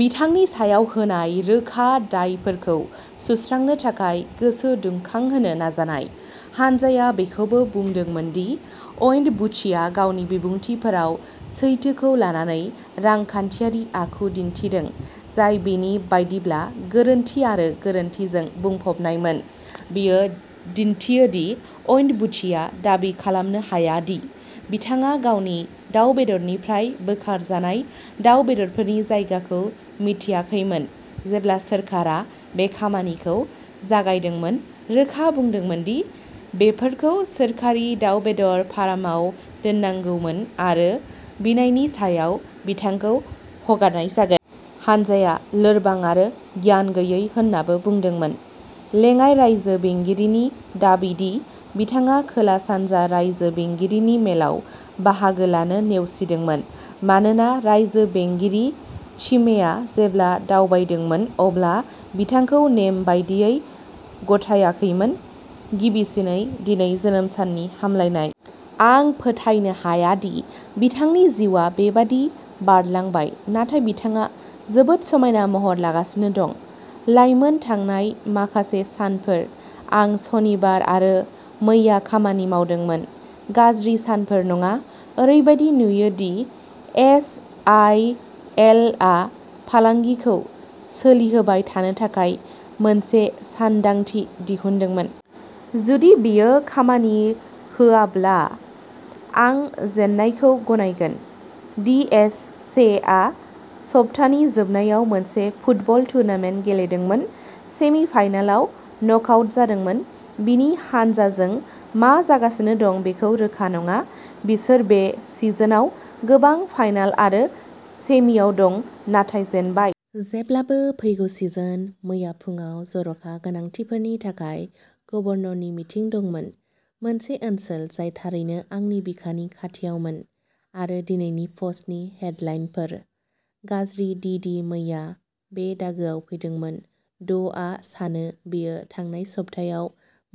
बिथांनि सायाव होनाय रोखा दायफोरखौ सुस्रांनो थाखाय गोसो दुंखांहोनो नाजानाय। हानजाया बेखौबो बुंदोंमोन दि अन्येबुचिआ गावनि बिबुंथिफोराव सैथोखौ लानानै रांखान्थियारि आखु दिन्थिदों जाय बेनि बायदिब्ला गोरोन्थि आरो गोरोन्थिजों बुंफबनायमोन। बेयो दिन्थियो दि अन्येबुचिआ दाबि खालामनो हाया दि बिथाङा गावनि दाव बेदरनिफ्राय बोखारजानाय दाव बेदरफोरनि जायगाखौ मिथियाखैमोन जेब्ला सोरखारा बे खामानिखौ जागायदोंमोन रोखा बुंदोंमोन दि बेफोरखौ सोरखारि दाव बेदर फार्माव दोननांगौमोन आरो बिनायनि सायाव बिथांखौ हगारनाय जागोन। हानजाया "लोरबां आरो गियान गैयै" होन्नाबो बुंदोंमोन। लेङाइ रायजो बेंगिरिनि दाबि दि बिथाङा खोला-सानजा रायजो बेंगिरिनि मेलाव बाहागो लानो नेवसिदोंमोन मानोना रायजो बेंगिरि चिमेआ जेब्ला दावबायदोंमोन अब्ला बिथांखौ नेम बायदियै गथायाखैमोन। गिबिसिनै दिनै जोनोम साननि हामलायनाय। आं फोथायनो हाया दि बिथांनि जिउआ बेबादि बारलांबाय नाथाय बिथाङा जोबोद समायना महर लागासिनो दं। लाइमोन थांनाय माखासे सानफोर आं सनिबार आरो मैया खामानि मावदोंमोन। गाज्रि सानफोर नङा। ओरैबादि नुयो दि एस आइ एल आ फालांगिखौ सोलिहोबाय थानो थाखाय मोनसे सानदांथि दिहुनदोंमोन। जुदि बेयो खामानि होआब्ला आं जेननायखौ गनायगोन। डि. एस. से आ सप्तानि जोबनायाव मोनसे फुटबल टुर्नामेन्ट गेलेदोंमोन। सेमि-फाइनालाव नकआउट जादोंमोन। बिनि हानजाजों मा जागासिनो दं बेखौ रोखा नङा। बिसोर बे सिजनआव गोबां फाइनाल आरो सेमिआव दं नाथाय जेनबाय। जेब्लाबो फैगौ सिजन। मैया फुंआव जर'खा गोनांथिफोरनि थाखाय गभर्नरनि मिटिं दंमोन। मोनसे ओनसोल जाय थारैनो आंनि बिखानि खाथियावमोन। आरो दिनैनि पस्टनि हेडलाइनफोर। गाज्रि डि डि मैया बे दागोआव फैदोंमोन ड. आ सानो बेयो थांनाय सप्तायाव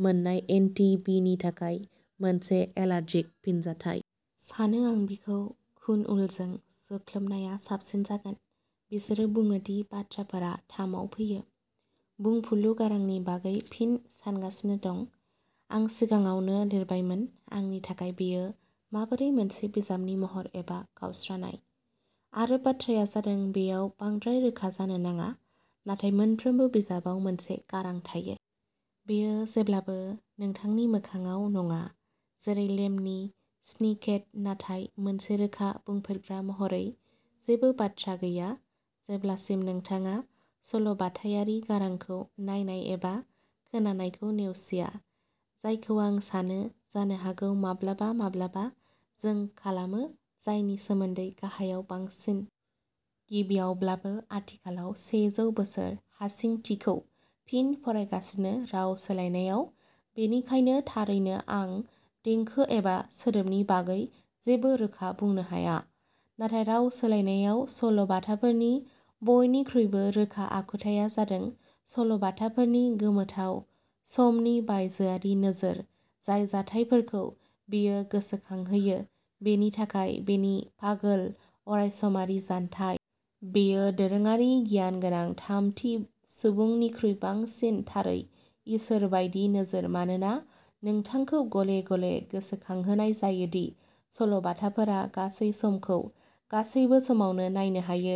मोननाय एन्टी बि नि थाखाय मोनसे एलार्जिक फिनजाथाय। सानो आं बिखौ खुन उलजों जोख्लोबनाया साबसिन जागोन बिसोरो बुङो दि बाथ्राफोरा थामआव फैयो। बुंफुरलु गारांनि बागै फिन सानगासिनो दं। आं सिगाङावनो लिरबायमोन। आंनि थाखाय बेयो माबोरै मोनसे बिजाबनि महर एबा गावस्रानाय। आरो बाथ्राया जादों बेयाव बांद्राय रोखा जानो नाङा नाथाय मोनफ्रोमबो बिजाबाव मोनसे गारां थायो। बेयो जेब्लाबो नोंथांनि मोखांआव नङा जेरै लेमनि स्निकेट नाथाय मोनसे रोखा बुंफोरग्रा महरै जेबो बाथ्रा गैया जेब्लासिम नोंथाङा सल'बाथायारि गारांखौ नायनाय एबा खोनानायखौ नेवसिया जायखौ आं सानो जानो हागौ माब्लाबा माब्लाबा जों खालामो जायनि सोमोन्दै गाहायाव बांसिन। गिबियावब्लाबो आथिखालाव सेजौ बोसोरनि हारसिंथिखौ फिन फरायगासिनो राव सोलायनायाव बेनिखायनो थारैनो आं देंखो एबा सोदोबनि बागै जेबो रोखा बुंनो हाया। नाथाय राव सोलायनायाव सल'बाथाफोरनि बयनिख्रुइबो रोखा आखुथाया जादों सल'बाथाफोरनि गोमोथाव, समनि बायजोआरि नोजोर जाय जाथायफोरखौ बेयो गोसोखांहोयो बेनि थाखाय बेनि पागल अरायसमारि जानथाय। बेयो दोरोङारि गियान गोनां थामथि सुबुंनिख्रुइ बांसिन थारै इसोर बायदि नोजोर मानोना नोंथांखौ गले गले गोसोखांहोनाय जायो दि सल'बाथाफोरा गासै समखौ गासैबो समावनो नायनो हायो।